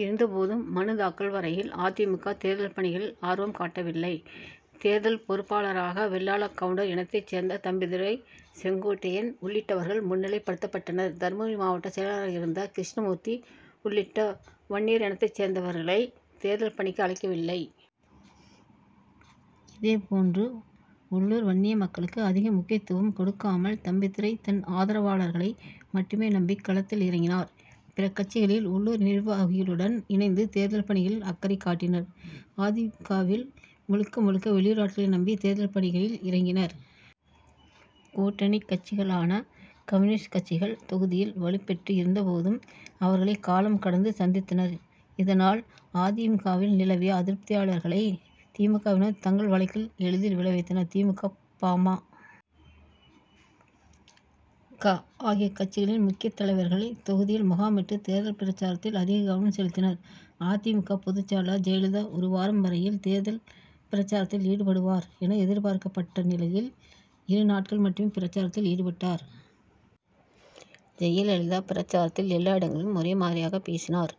இருந்த போதும் மனு தாக்கல் வரையில் அ. தி. மு. க. தேர்தல் பணிகளில் ஆர்வம் காட்டவில்லை. தேர்தல் பொறுப்பாளராக வெள்ளாள கவுண்டர் இனத்தைச் சேர்ந்த தம்பிதுரை செங்கோட்டையன் உள்ளிட்டவர்கள் முன்னிலைப்படுத்தப்பட்டனர். தர்மபுரி மாவட்ட செயலராக இருந்த கிருஷ்ணமூர்த்தி உள்ளிட்ட வன்னியர் இனத்தைச் சேர்ந்தவர்களை தேர்தல் பணிக்கு அழைக்கவில்லை. இதே போன்று உள்ளூர் வன்னிய மக்களுக்கு அதிக முக்கியத்துவம் கொடுக்காமல் தம்பிதுரை தன் ஆதரவாளர்களை மட்டுமே நம்பி களத்தில் இறங்கினார். பிற கட்சிகளில் உள்ளூர் நிர்வாகிகளுடன் இணைந்து தேர்தல் பணிகளில் அக்கறை காட்டினர். அ. தி. மு. க.வில் முழுக்க முழுக்க வெளியூர் ஆட்களை நம்பி தேர்தல் பணிகளில் இறங்கினர். கூட்டணி கட்சிகளான கம்யூனிஸ்ட் கட்சிகள் தொகுதியில் வலு பெற்று இருந்த போதும் அவர்களை காலம் கடந்து சந்தித்தனர். இதனால் அ. தி. மு. க.வில் நிலவிய அதிருப்தியாளர்களை தி. மு. க.வினர் தங்கள் வலைக்குள் எளிதில் விழ வைத்தனர். தி. மு. க. பா. ம. க. ஆகிய கட்சிகளின் முக்கிய தலைவர்கள் தொகுதியில் முகாமிட்டு தேர்தல் பிரசாரத்தில் அதிக கவனம் செலுத்தினர். அ. தி. மு. க. பொதுச் செயலர் ஜெயலலிதா ஒரு வாரம் வரையில் தேர்தல் பிரசாரத்தில் ஈடுபடுவார் என எதிர்பார்க்கப்பட்ட நிலையில் இரு நாட்கள் மட்டுமே பிரசாரத்தில் ஈடுபட்டார். ஜெயலலிதா பிரசாரத்தில் எல்லா இடங்களிலும் ஒரே மாதிரியாக பேசினார்.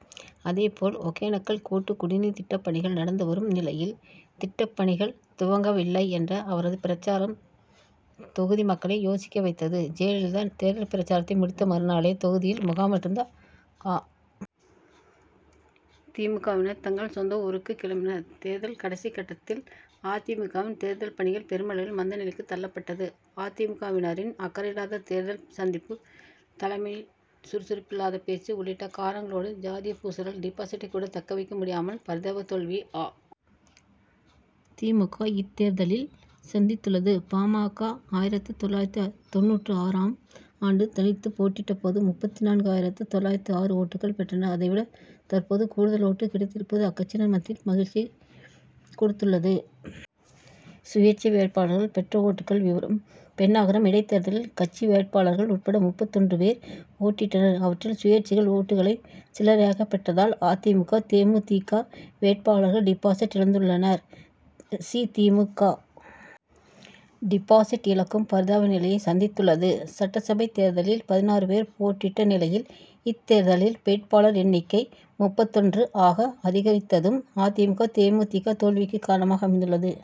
அதே போல் ஒகேனக்கல் கூட்டுக் குடிநீர் திட்ட பணிகள் நடந்து வரும் நிலையில் திட்டப்பணிகள் துவங்கவில்லை என்ற அவரது பிரசாரம் தொகுதி மக்களை யோசிக்க வைத்தது. ஜெயலலிதா தேர்தல் பிரசாரத்தை முடித்த மறு நாளே தொகுதியில் முகாமிட்டிருந்த அ. தி. மு. க.,வினர் தங்கள் சொந்த ஊருக்கு கிளம்பினர். தேர்தல் கடைசி கட்டத்தில் அ. தி. மு. க.வின் தேர்தல் பணிகள் பெருமளவில் மந்த நிலைக்கு தள்ளப்பட்டது. அ. தி. மு. க.வினரின் அக்கறையில்லாத தேர்தல் சந்திப்பு தலைமையின் சுறுசுறுப்பில்லாத பேச்சு உள்ளிட்ட காரணங்களோடு ஜாதிய பூசலால் டிபாசிட்டை கூட தக்கவைக்க முடியாமல் பரிதாப தோல்வியை அ. தி. மு. க. இத்தேர்தலில் சந்தித்துள்ளது. பா. ம. க. ஆயிரத்து தொள்ளாயிரத்து தொண்ணூற்று ஆறு ஆம் ஆண்டு தனித்து போட்டியிட்ட போது முப்பத்திநான்கு ஆயிரத்து தொள்ளாயிரத்து ஆறு ஓட்டுக்கள் பெற்றனர். அதை விட தற்போது கூடுதல் ஓட்டு கிடைத்திருப்பது அக்கட்சியினர் மத்தியில் மகிழ்ச்சியை கொடுத்துள்ளது. சுயேச்சை வேட்பாளர்கள் பெற்ற ஓட்டுக்கள் விவரம் பென்னாகரம் இடைத்தேர்தலில் கட்சி வேட்பாளர்கள் உட்பட முப்பத்தொன்று பேர் போட்டியிட்டனர். அவற்றில் சுயேச்சைகள் ஓட்டுக்களை சில்லரையாக பெற்றதால் அ. தி. மு. க. தே. மு. தி. க. வேட்பாளர்கள் டிபாசிட் இழந்துள்ளனர். சி. தி. மு. க. டிபாசிட் இழக்கும் பரிதாப நிலையை சந்தித்துள்ளது. சட்டசபை தேர்தலில் பதினாறு பேர் போட்டியிட்ட நிலையில் இத்தேர்தலில் வேட்பாளர் எண்ணிக்கை முப்பத்தொன்று ஆக அதிகரித்ததும் அ. தி. மு. க. தே. மு. தி. க. தோல்விக்கு காரணமாக அமைந்துள்ளது.